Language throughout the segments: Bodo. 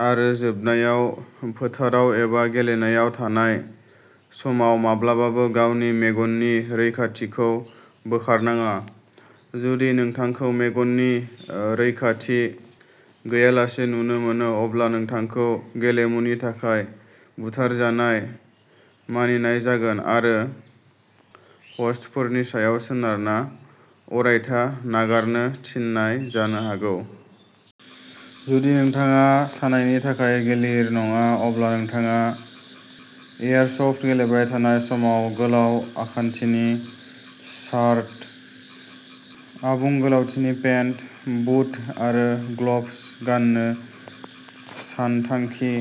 आरो जोबनायाव, फोथाराव एबा गेलेनायाव थानाय समाव माब्लाबाबो गावनि मेगननि रैखाथिखौ बोखारनाङा। जुदि नोंथांखौ मेगननि रैखाथि गैयालासे नुनो मोनो, अब्ला नोंथांखौ गेलेमुनि थाखाय "बुथारजानाय" मानिनाय जागोन आरो, ह'स्टफोरनि सायाव सोनारना, अरायथा नागारनो थिननाय जानो हागौ! जुदि नोंथाङा सानायनि थाखाय गिलिर नङा, अब्ला नोंथाङा एयारसफ्ट गेलेबाय थानाय समाव गोलाव आखान्थिनि शार्ट, आबुं गोलावथिनि पेन्ट, बुट आरो ग्ल'भ्स गान्नो सानथांखि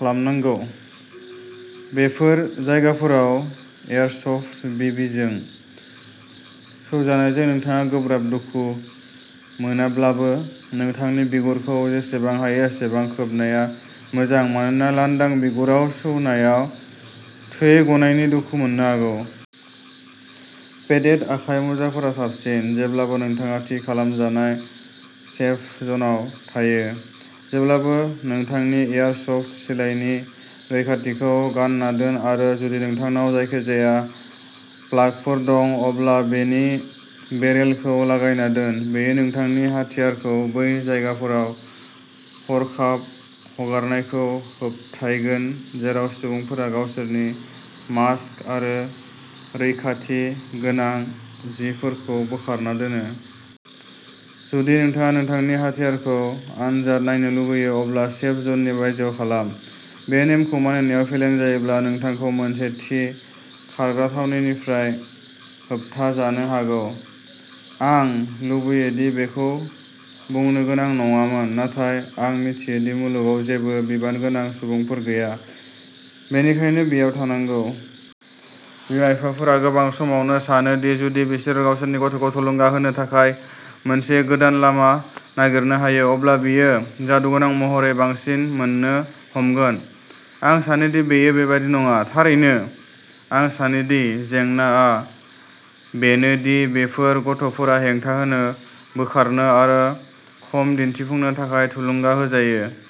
खालामनांगौ। बेफोर जायगाफोराव एयारसफ्ट बिबिजों सौजानायजों नोंथाङा गोब्राब दुखु मोनाब्लाबो, नोंथांनि बिगुरखौ जेसेबां हायो एसेबां खोबनाया मोजां मानोना लांदां बिगुराव सौनायाव थै गनायनि दुखु मोननो हागौ। पेडेड आखाइ मुजाफोरा साबसिन। जेब्लानो नोंथाङा थि खालामजानाय सेफ जनआव थायो, जेब्लाबो नोंथांनि एयारसफ्ट सिलाइनि रैखाथिखौ गानना दोन आरो जुदि नोंथांनाव जायखिजाया प्लागफोर दं, अब्ला बेनि बेरेलखौ लागायना दोन। बेयो नोंथांनि हाथियारखौ बै जायगाफोराव हरखाब हगारनायखौ होबथायगोन जेराव सुबुंफोरा गावसोरनि मास्क आरो रैखाथि गोनां जिफोरखौ बोखारना दोनो। जुदि नोंथाङा नोंथांनि हाथियारखौ आनजाद नायनो लुगैयो, अब्ला सेफ जननि बायजोआव खालाम। बे नेमखौ मानिनायाव फेलें जायोब्ला नोंथांखौ मोनसे थि खारग्रा थावनिनिफ्राय होबथाजानो हागौ। आं लुबैयो दि बेखौ बुंनो गोनां नङामोन, नाथाय आं मिथियो दि मुलुगाव जेबो बिबानगोनां सुबुंफोर गैया, बेनिखायनो बेयाव थांनांगौ। बिमा-बिफाफोरा गोबां समावनो सानो दि जुदि बिसोरो गावसोरनि गथ'खौ थुलुंगा होनो थाखाय मोनसे गोदान लामा नागिरनो हायो, अब्ला बियो जादुगोनां महरै बांसिन मोन्नो हमगोन। आं सानो दि बेयो बेबादि नङा। थारैनो, आं सानो दि जेंनाआ बेनो दि बेफोर गथ'फोरा हेंथा होनो, बोखारनो आरो खम दिन्थिफुंनो थाखाय थुलुंगा होजायो।